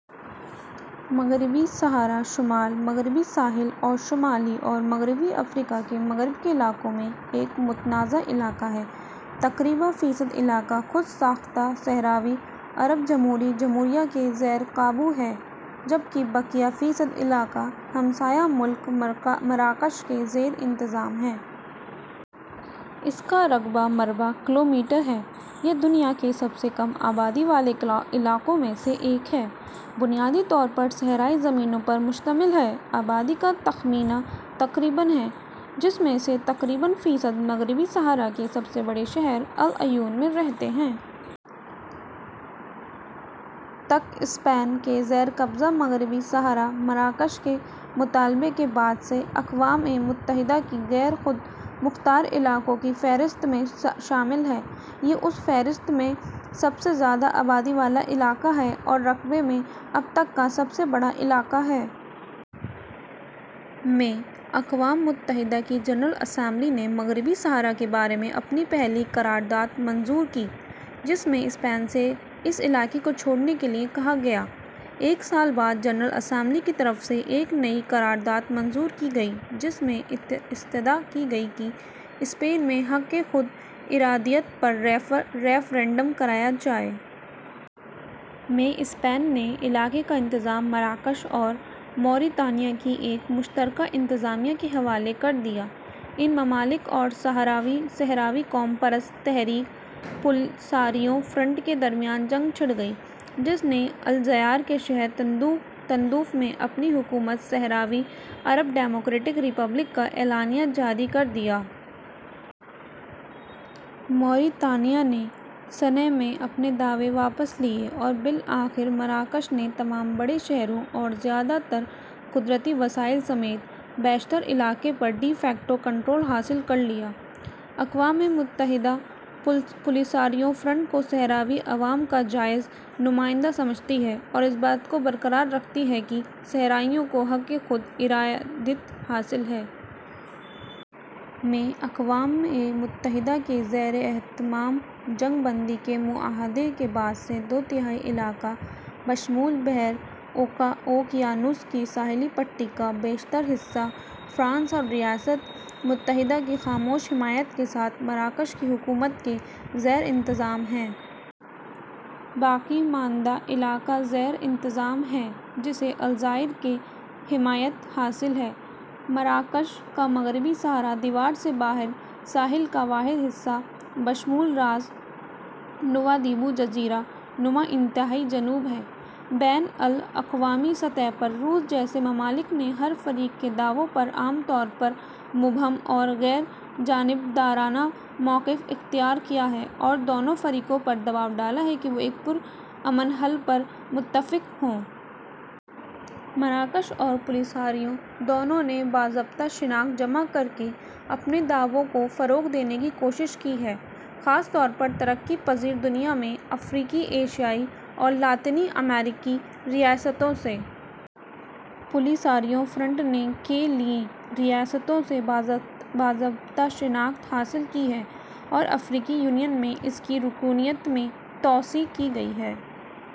مغربی صحارا ، شمال مغربی ساحل اور شمالی اور مغربی افریقہ کے مغرب کے علاقے میں ایک متنازع علاقہ ہے۔ تقریباً فیصد علاقہ خود ساختہ صحراوی عرب جمہوری جمہوریہ کے زیر قابو ہے، جب کہ بقیہ فیصد علاقہ ہمسایہ ملک مراکش کے زیر انتظام ہے۔ اس کا رقبہ مربع کلومیٹر ہے۔ یہ دنیا کے سب سے کم آبادی والے علاقوں میں سے ایک ہے ، بنیادی طور پر صحرائی زمینوں پر مشتمل ہے۔ آبادی کا تخمینہ تقریباً ہے، جس میں سے تقریباً فیصد مغربی صحارا کے سب سے بڑے شہر العیون میں رہتے ہیں۔ ء تک اسپین کے زیر قبضہ، مغربی صحارا مراکش کے مطالبے کے بعد ء سے اقوام متحدہ کی غیر خود مختار علاقوں کی فہرست میں شامل ہے۔ یہ اس فہرست میں سب سے زیادہ آبادی والا علاقہ ہے اور رقبے میں اب تک کا سب سے بڑا علاقہ ہے۔ ء میں، اقوام متحدہ کی جنرل اسمبلی نے مغربی صحارا کے بارے میں اپنی پہلی قرارداد منظور کی، جس میں اسپین سے اس علاقے کو چھوڑنے کے لیے کہا گیا۔ ایک سال بعد، جنرل اسمبلی کی طرف سے ایک نئی قرارداد منظور کی گئی جس میں استدعا کی گئی کہ اسپین میں حق خود ارادیت پر ریفرنڈم کرایا جائے۔ میں، اسپین نے علاقہ کا انتظام مراکش اور موریطانیہ کی ایک مشترکہ انتظامیہ کے حوالے کر دیا۔ ان ممالک اور صحراوی قوم پرست تحریک، پولیساریو فرنٹ کے درمیان جنگ چھڑ گئی، جس نے الجزائر کے شہر تندوف میں اپنی حکومت صحراوی عرب ڈیموکریٹک ریپبلک کا اعلامیہ جاری کر دیا۔ موریطانیہ نے سنہ ء میں اپنے دعوے واپس لے لیے اور بالآخر مراکش نے تمام بڑے شہروں اور زیادہ تر قدرتی وسائل سمیت بیشتر علاقے پر ڈی فیکٹو کنٹرول حاصل کر لیا۔ اقوام متحدہ پولیساریو فرنٹ کو صحراوی عوام کا جائز نمائندہ سمجھتی ہے اور اس بات کو برقرار رکھتی ہے کہ صحرائیوں کو حق خود ارادیت حاصل ہے۔ ء میں اقوام متحدہ کے زیر اہتمام جنگ بندی کے معاہدے کے بعد سے، دو تہائی علاقہ، بشمول بحر اوقیانوس کی ساحلی پٹی کا بیشتر حصہ، فرانس اور ریاستہائے متحدہ کی خاموش حمایت کے ساتھ، مراکش کی حکومت کے زیر انتظام ہے۔ باقی ماندہ علاقہ کے زیر انتظام ہے، جسے الجزائر کی حمایت حاصل ہے۔ مراکش کا مغربی صحارا دیوار سے باہر ساحل کا واحد حصہ بشمول راس نوادیبو جزیرہ نما، انتہائی جنوب ہے۔ بین الاقوامی سطح پر، روس جیسے ممالک نے ہر فریق کے دعووں پر عام طور پر مبہم اور غیر جانبدارانہ موقف اختیار کیا ہے اور دونوں فریقوں پر دباؤ ڈالا ہے کہ وہ ایک پرامن حل پر متفق ہوں۔ مراکش اور پولیساریو دونوں نے باضابطہ شناخت جمع کر کے اپنے دعووں کو فروغ دینے کی کوشش کی ہے، خاص طور پر ترقی پزیر دنیا میں افریقی، ایشیائی اور لاطینی امریکی ریاستوں سے۔ پولساریو فرنٹ نے کے لیے ریاستوں سے باضابطہ شناخت حاصل کی ہے اور افریقی یونین میں اس کی رکنیت میں توسیع کی گئی ہے۔